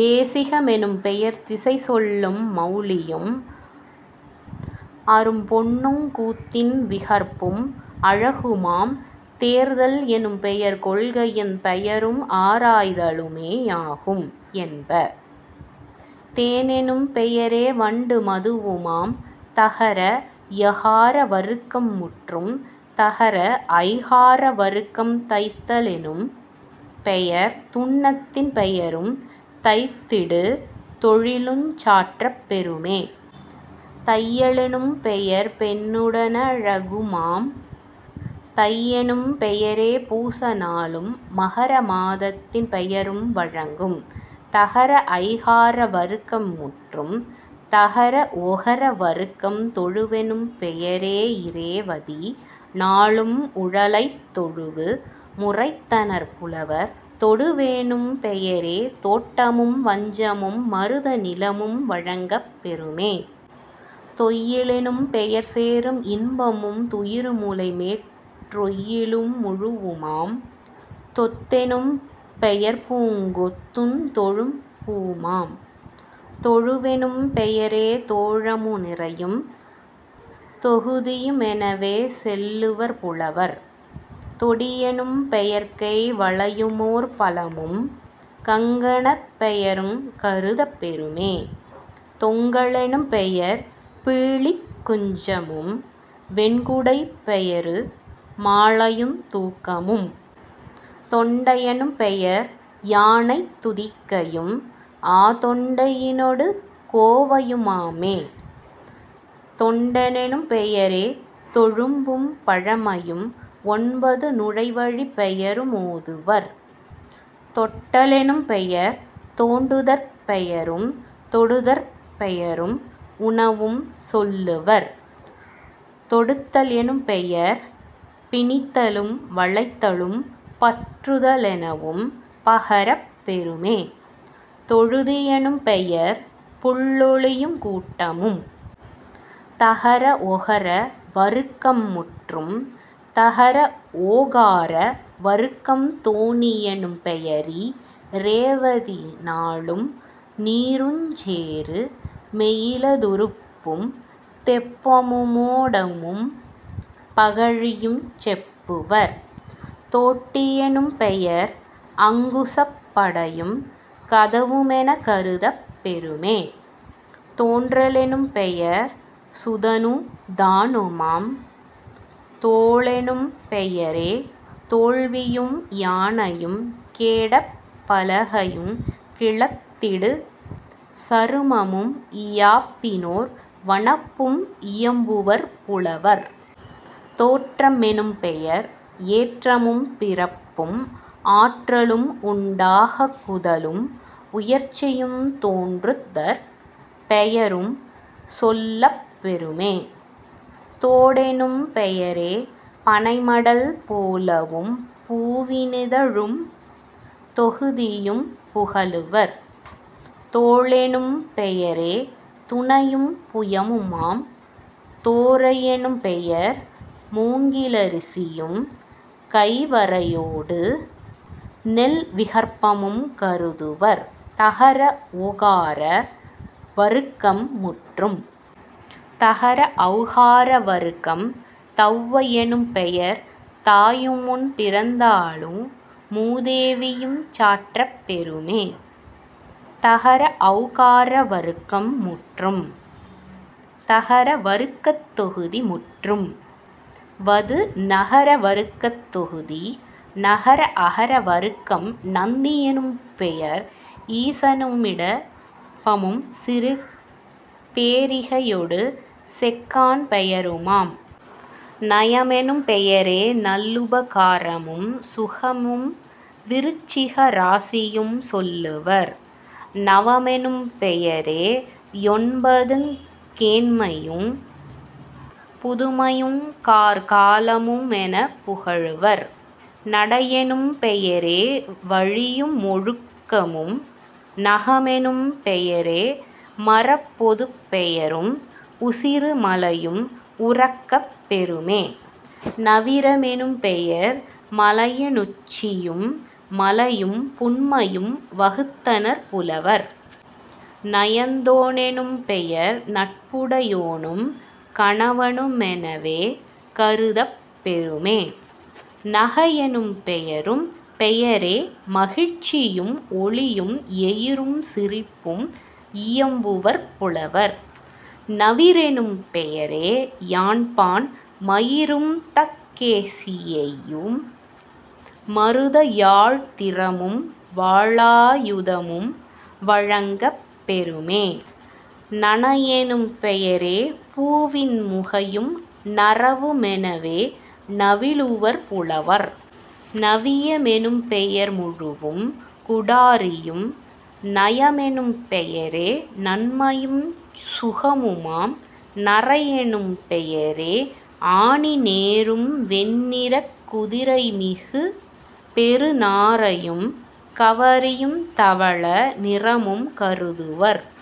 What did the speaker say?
தேசிக மெனும்பெயர் திசைச்சொல்லு மொளியும் அரும் பொன்னுங் கூத்தின் விகற்பும் அழகுமாம்..... தேர்தல் எனும்பெயர் கொள்கையின் பெயரும் ஆராய் தலுமே யாகும் என்ப..... தேனெனும் பெயரே வண்டு மதுவுமாம்..... தகர ஏகார வருக்கம் முற்றும். தகர ஐகார வருக்கம் தைத்த லெனும்பெயர் துன்னத்தின் பெயரும் தைத்திடு தொழிலுஞ் சாற்றப் பெறுமே..... தைய லெனும்பெயர் பெண்ணுட னழகுமாம்..... தையெனும் பெயரே பூச நாளும் மகர மாதத்தின் பெயரும் வழங்கும்..... தகர ஐகார வருக்கம் முற்றும். தகர ஒகர வருக்கம் தொழுவெனும் பெயரே யிரேவதி நாளும் உழலைத் தொழுவு முரைத்தனர் புலவர்..... தொடுவெனும் பெயரே தோட்டமும் வஞ்சமும் மருத நிலமும் வழங்கப் பெறுமே..... தொய்யி லெனும்பெயர் சேறும் இன்பமும் துயிரு முலைமேற் றொய்யிலு முழுவுமாம்..... தொத்தெனும் பெயர்பூங் கொத்துந் தொழும்புமாம்.... தொறுவெனும் பெயரே தோழமு நிரையும் தொகுதியு மெனவே செல்லுவர் புலவர்..... தொடியெனும் பெயர்கை வளையு மோர்பலமும் கங்கணப் பெயருங் கருதப் பெறுமே..... தொங்க லெனும் பெயர்பீலிக் குஞ்சமும் வெண்குடைப் பெயரு மாலையுந் தூக்கமும்..... தொண்டை யெனும்பெயர் யானைத் துதிக்கையும் ஆதொண்டை யினொடு கோவையு மாமே..... தொண்டெனும் பெயரே தொழும்பும் பழமையும் ஒன்பது நுழைவழிப் பெயரு மோதுவர்..... தொட்ட லெனும்பெயர் தோண்டுதற் பெயரும் தொடுதற் பெயரும் உணவும் சொல்லுவர்..... தொடுத்தல் எனும்பெயர் பிணித்தலும் வளைத்தலும் பற்றுத லெனவும் பகரப் பெறுமே..... தொழுதி யெனும்பெயர் புள்ளொலியுங் கூட்டமும்....। தகர ஒகர வருக்கம் முற்றும். தகர ஓகார வருக்கம் தோணி யெனும்பெயரி ரேவதி நாளும் நீருஞ் சேறு மெயில துறுப்பும் தெப்பமு மோடமும் பகழியுஞ் செப்புவர்..... தோட்டி யெனும்பெயர் அங்குசப் படையும் கதவு மென கருதப் பெறுமே..... தோன்ற லெனும்பெயர் சுதனு தானுமாம்..... தோலெனும் பெயரே தோல்வியும் யானையும் கேடகப் பலகையுங் கிளத்திடு சருமமும் இயாப்பினோர் வனப்பும் இயம்புவர் புலவர்..... தோற்ற மெனும்பெயர் ஏற்றமும் பிறப்பும் ஆற்றலும் உண்டாக் குதலும் உயர்ச்சியுந் தோன்றுதற் பெயரும் சொல்லப் பெறுமே..... தோடெனும் பெயரே பனைமடல் போலவும் பூவி னிதழும் தொகுதியும் புகலுவர்..... தோளெனும் பெயரே துணையும் புயமுமாம்..... தோரை யெனும்பெயர் மூங்கி லரிசியும் கைவரை யோடுநெல் விகற்பமும் கருதுவர்..... தகர ஓகார வருக்கம் முற்றும். தகர ஒளகார வருக்கம் தெளவை யெனும்பெயர் தாயுமுன் பிறந்தாளு மூதேவியுஞ் சாற்றப் பெறுமே..... தகர ஒளகார வருக்கம் முற்றும். தகர வருக்கத் தொகுதி முற்றும். வது நகர வருக்கத் தொகுதி நகர அகர வருக்கம் நந்தி யெனும் பெயர் ஈசனு மிடபமும் சிறுபே ரிகையொடு செக்கான் பெயருமாம்..... நலமெனும் பெயரே நல்லுப காரமும் சுகமும் விருச்சிக ராசியும் சொல்லுவர்..... நவமெனும் பெயரே யொன்பதுங் கேண்மையும் புதுமையுங் கார்கா லமுமெனப் புகலுவர்..... நடையெனும் பெயரே வழியு மொழுக்கமும்..... நகமெனும் பெயரே மரப்பொதுப் பெயரும் உசிரு மலையும் உரைக்கப் பெறுமே..... நவிர மெனும்பெயர் மலையி னுச்சியும் மலையும் புன்மையும் வகுத்தனர் புலவர்..... நயந்தோ னெனும்பெயர் நட்புடை யோனும் கணவனு மெனவே கருதப் பெறுமே..... நகையெனும் பெயரே மகிழ்ச்சியும் ஒளியும் எயிறும் சிரிப்பும் இயம்புவர் புலவர்..... நவிரெனும் பெயரே யாண்பான் மயிரும் தக்கேசி யிசையு மருதயாழ்த் திறமும் வாளா யுதமும் வழங்கப் பெறுமே..... நனையெனும் பெயரே பூவின் முகையும் நறவு மெனவே நவிலுவர் புலவர்..... நவிய மெனும்பெயர் முழுவும் குடாரியும்..... நயமெனும் பெயரே நன்மையுஞ் சுகமுமாம்..... நரையெனும் பெயரே ஆனி னேறும் வெண்ணிறக் குதிரையு மிகுபெறு நாரையும் கவரியுந் தவள நிறமும் கருதுவர்.